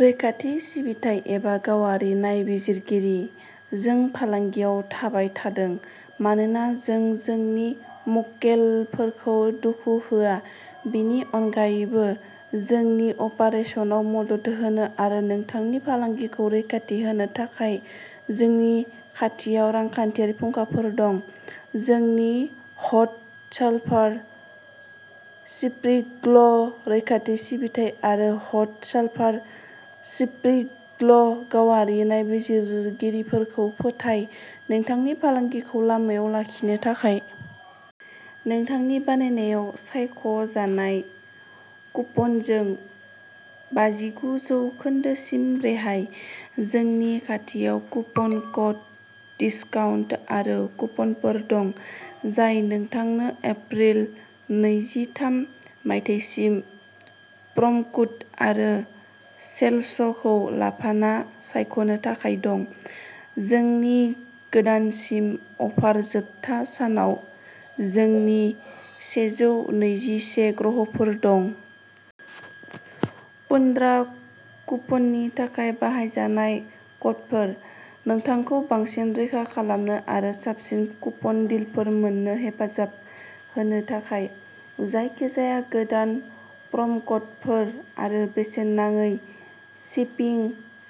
रैखाथि सिबिथाइ एबा गावारि नायबिजिरगिरि? जों फालांगियाव थाबाय थादों, मानोना जों जोंनि मक्केलफोरखौ दुखु होआ। बेनि अनगायैबो, जोंनि अपारेसनाव मदद होनो आरो नोंथांनि फालांगिखौ रैखाथि होनो थाखाय जोंनि खाथियाव रांखान्थियारि फुंखाफोर दं। जोंनि हट सालफार स्प्रिंग्स रैखाथि सिबिथाइ आरो हट सालफार स्प्रिंग्स गावारि नायबिजिरगिरिखौ फोथाय, नोंथांनि फालांगिखौ लामायाव लाखिनो थाखाय। नोंथांनि बायनायाव सायख' जानाय कुपनजों बाजिगु जौखोन्दो सिम रेहाय! जोंनि खाथियाव कुपन क'ड, दिसकाउन्ट आरो कुपनफोर दं, जाय नोंथांनो एप्रिल नैजि थाम, मायथाइसिम प्रम'क'ड आरो सेल्सखौ लाफाना सायख'नो थाखाय दं। जोंनि गोदानसिन अफार जोबथा सानाव, जोंनि सेजौ नैजि से ग्राहकफोर दं। पुद्रा कुपननि थाखाय बाहायजानाय क'डफोर। नोंथांखौ बांसिन रैखा खालामनो आरो साबसिन कुपन डिलफोर मोन्नो हेफाजाब होनो थाखाय, जायखिजाया गोदान प्रम'क'डफोर आरो बेसेन नाङै शिपिं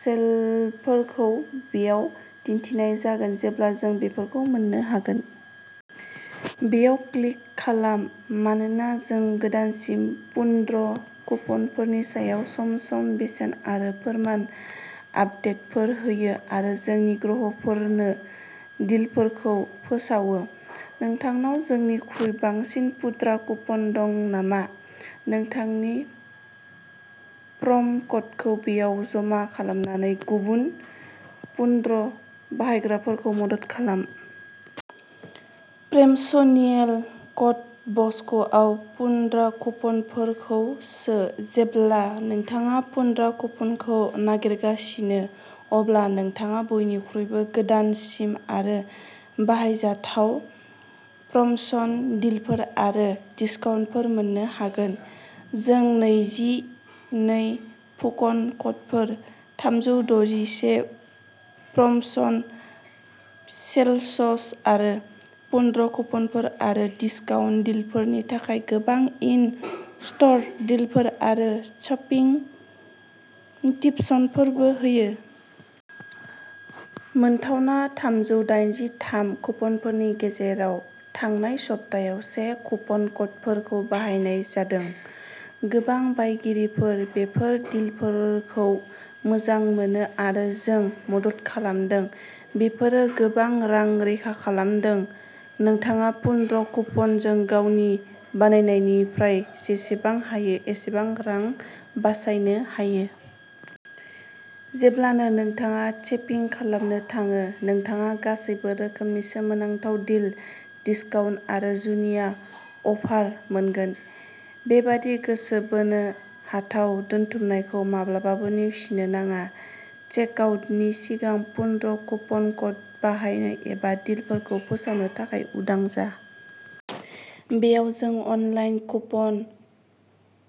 सेल्सफोरखौ बेयाव दिन्थिनाय जागोन जेब्ला जों बेफोरखौ मोन्नो हागोन। बेयाव क्लिक खालाम मानोना जों गोदानसिन कुन्द्र कुपनफोरनि सायाव सम सम बेसेन आरो फोरमान आपदेटफोर होयो आरो जोंनि ग्राहकफोरनो डिलफोरखौ फोसावो। नोंथांनाव जोंनिख्रुइ बांसिन पुद्र कुपन दं नामा? नोंथांनि प्रम'क'डखौ बेयाव जमा खालामनानै गुबुन पुद्रा बायग्राफोरखौ मदद खालाम। प्रम'शनियेल क'ड बक्सआव पुन्द्र कुपनखौ सो। जेब्ला नोंथाङा पुन्द्र कुपनखौ नागिरगासिनो, अब्ला नोंथाङा बयनिख्रुइबो गोदानसिन आरो बाहायजाथाव प्रम'शन डिलफोर आरो डिस्काउन्टफोर मोन्नो हागोन। जों नैजि नै कुपन क'डफोर, थामजौ द'जि से प्रम'शन सेल्स आरो पुद्रा कुपनफोर आरो डिस्काउन्ट डिलफोरनि थाखाय गोबां इन स्ट'र डिलफोर आरो शपिं टिप्सफोरबो होयो। मोनथावना थामजौ दाइनजि थाम कुपनफोरनि गेजेराव, थांनाय सप्तायाव से कुपन क'डफोरखौ बाहायनाय जादों। गोबां बायगिरिफोर बेफोर डिलफोरखौ मोजां मोनो आरो जों मदद खालामदों। बेफोरो गोबां रां रैखा खालामदोंमोन। नोंथाङा पुद्र कुपनजों गावनि बायनायनिफ्राय जेसेबां हायो एसेबां रां बासायनो हायो। जेब्लानो नोंथाङा शपिं खालामनो थाङो, नोंथाङा गासैबो रोखोमनि सोमोनांथाव डिल, डिस्काउन्ट आरो जुनिया अफार मोनगोन। बेबादि गोसो बोनो हाथाव दोनथुमनायखौ माब्लाबाबो नेवसिनो नाङा। चेकआउटनि सिगां पुद्रा कुपन क'ड बाहायनो एबा डीलफोरखौ फोसावनो थाखाय उदां जा। बेयाव जों online coupon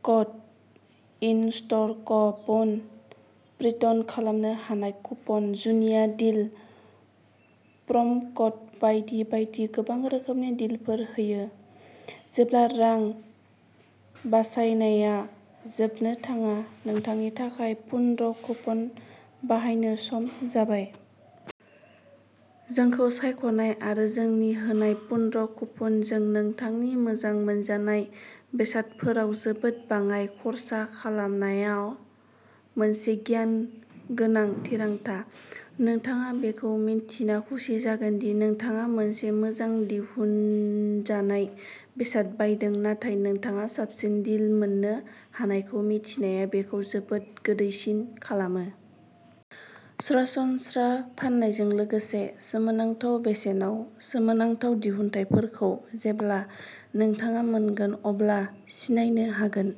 code, in store coupon, print खालामनो हानाय कुपन, जुनिया डील, प्रम'क'ड बायदि बायदि गोबां रोखोमनि डीलफोर होयो। जेब्ला रां बासायनाया जोबनो थाङा! नोंथांनि थाखाय पुद्रा कुपन बाहायनो सम जाबाय। जोंखौ सायख'नाय आरो जोंनि होनाय पुद्र कुपनजों नोंथांनि मोजां मोनजानाय बेसादफोराव जोबोद बाङाय खर्सा खालामनाया मोनसे गियान गोनां थिरांथा। नोंथाङा बेखौ मिन्थिना खुसि जागोन दि नोंथाङा मोनसे मोजां दिहुनजानाय बेसाद बायदों, नाथाय नोंथाङा साबसिन डिल मोननो हानायखौ मिथिनाया बेखौ जोबोद गोदैसिन खालामो! सरासनस्रा फान्नायजों लोगोसे, सोमोनांथाव बेसेनाव सोमोनांथाव दिहुनथायफोरखौ जेब्ला नोंथाङा मोनगोन अब्ला सिनायनो हागोन।